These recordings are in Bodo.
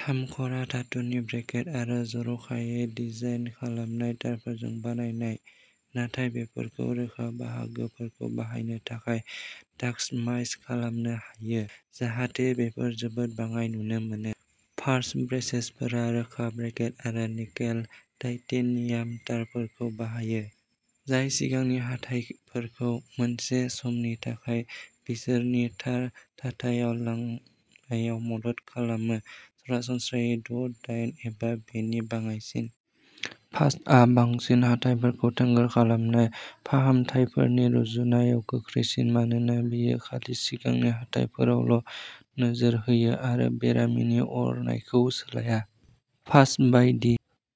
थामख'रा धातुनि ब्रेकेट आरो जर'खायै डिजाइन खालामनाय तारफोरजों बानायनाय, नाथाय बेफोरखौ रोखा बाहागोफोरखौ बाहायनो थाखाय कास्टमाइज खालामनो हायो, जाहाथे बेफोर जोबोद बाङाइ नुनो मोनो। फास्ट ब्रेसेसफोरा रोखा ब्रेकेट आरो निकेल-टाइटेनियाम तारफोरखौ बाहायो, जाय सिगांनि हाथायफोरखौ मोनसे समनि थाखाय बिसोरनि थार थाथायाव लांनायाव मदद खालामो सरासनस्रायै द' दान एबा बेनि बाङाइसिन। फास्टआ बांसिन हाथायफोरखौ थोंगोर खालामनाय फाहामथायफोरनि रुजुनायाव गोख्रैसिन मानोना बेयो खालि सिगांनि हाथायफोरावल'नोजोर होयो आरो बेरामिनि अरनायखौ सोलाया। फास्ट बायदि,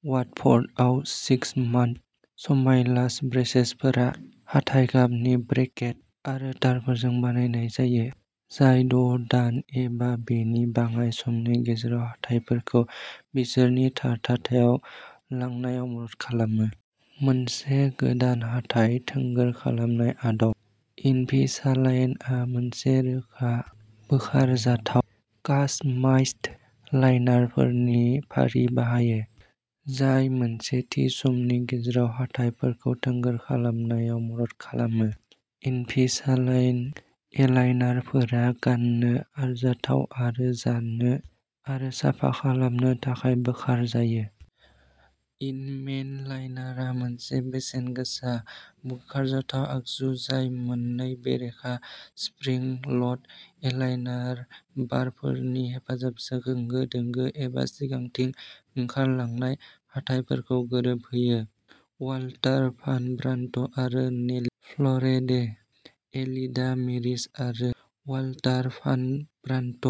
अवाटफ'र्डआव सिक्स मन्थ स्माइल्स ब्रेसेसफोरा हाथाय गाबनि ब्रेकेट आरो तारफोरजों बानायनाय जायो, जाय द' दान एबा बेनि बाङाइ समनि गेजेराव हाथायफोरखौ बिसोरनि थार थाथायाव लांनायाव मदद खालामो। मोनसे गोदान हाथाय थोंगोर खालामनाय आदब, इनभिसालाइनआ मोनसे रोखा, बोखारजाथाव, कास्टमाइज्ड एलाइनारफोरनि फारि बाहायो, जाय मोनसे थि समनि गेजेराव हाथायफोरखौ थोंगोर खालामनायाव मदद खालामो। इनभिसालाइन एलाइनारफोरा गाननो आरजाथाव आरो जानो आरो साफा खालामनो थाखाय बोखारजायो। इनमेन एलाइनारआ मोनसे बेसेन-गोसा। बोखारजाथाव आगजु जाय मोननै बेरेखा स्प्रिं-ल'ड एलाइनार बारफोरनि हेफाजाबजों होंगो-दोंगो एबा सिगांथिं ओंखारलांनाय हाथायफोरखौ गोरोबहोयो। अवाल्टार भान ब्रान्ट आरो नेलि फ्ल'रेडे। एलिडा मरिस आरो वाल्टार भान ब्रान्ट।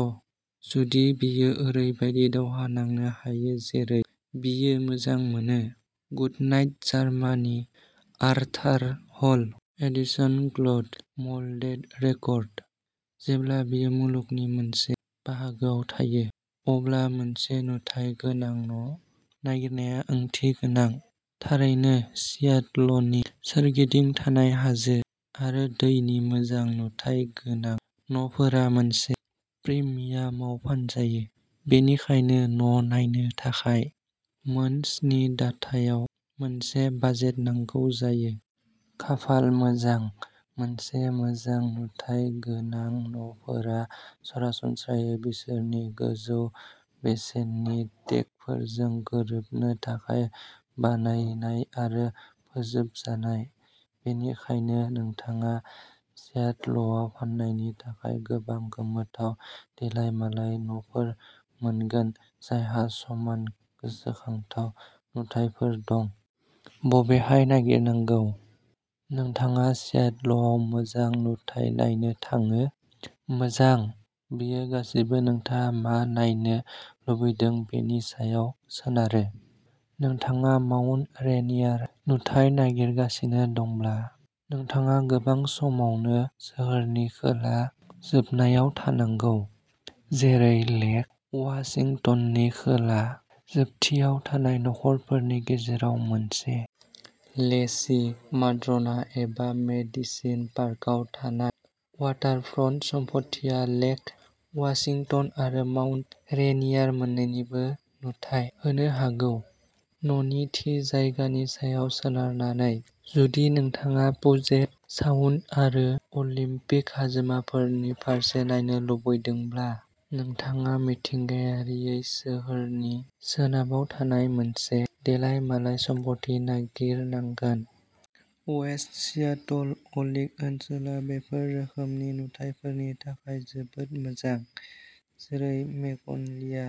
जुदि बियो ओरैबायदि दावहा नांनो हायो जेरै बियो मोजां मोनो goodnight Germany Arthur Hall. Edison gold moulded record. जेब्ला बियो मुलुगनि मोनसे बाहागोआव थायो, अब्ला मोनसे नुथाय गोनां न' नागिरनाया ओंथिगोनां। थारैनो, सियाटलनि सोरगिदिं थानाय हाजो आरो दैनि मोजां नुथाय गोनां न'फोरा मोनसे प्रिमियामाव फानजायो, बेनिखायनो न' नायनो थाखाय मोन स्नि दाथायाव मोनसे बाजेट नांगौ जायो। खाफाल मोजां, मोनसे मोजां नुथाय गोनां न'फोरा सरासनस्रायै बिसोरनि गोजौ बेसेननि टेगफोरजों गोरोबनो थाखाय बानायनाय आरो फोजोबजानाय बेनिखायनो नोंथाङा सियाटलआव फाननायनि थाखाय गोबां गोमोथाव देलाय मालाय न'फोर मोनगोन जायहा समान गोसोखांथाव नुथायफोर दं। बबेहाय नागिरनांगौ? नोंथाङा सियाटलाव मोजां नुथाय नायनो थाङो? मोजां, बेयो गासिबो नोंथाङा मा नायनो लुबैदों बेनि सायाव सोनारो। नोंथाङा माउन्ट रेइनियार नुथाय नागिरगासिनो दंब्ला नोंथाङा गोबां समावनो सोहोरनि खोला जोबनायाव थानांगौ जेरै लेक अवाशिंटननि खोला जोबथियाव थानाय न'खरफोरनि गेजेराव मोनसे। लेसचि, माद्र'ना, एबा मेडिसन पार्कआव थानाय अवाटारफ्रन्ट सम्पथिया लेक अवाशिंटन आरो माउन्ट रेइनियार मोननैनिबो नुथाय होनो हागौ, न'नि थि जायगानि सायाव सोनारनानै। जुदि नोंथाङा पुजेट साउन्ड आरो अलिम्पिक हाजोमाफोरनि फारसे नायनो लुबैदोंब्ला नोंथाङा मिथिंगायारियै सोहोरनि सोनाबाव थानाय मोनसे देलाय मालाय सम्पथि नागिरनांगोन। अवेस्ट सियाटल अल्कि ओनसोला बेफोर रोखोमनि नुथायफोरनि थाखाय जोबोद मोजां, जेरै मेग्न'लिया।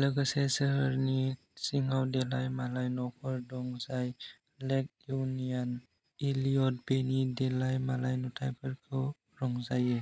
लोगोसे सोहोरनि सिङाव देलायमालाय न'फोर दं जाय लेक इउनियन इलियट बेनि देलाय मालाय नुथायफोरखौ रंजायो।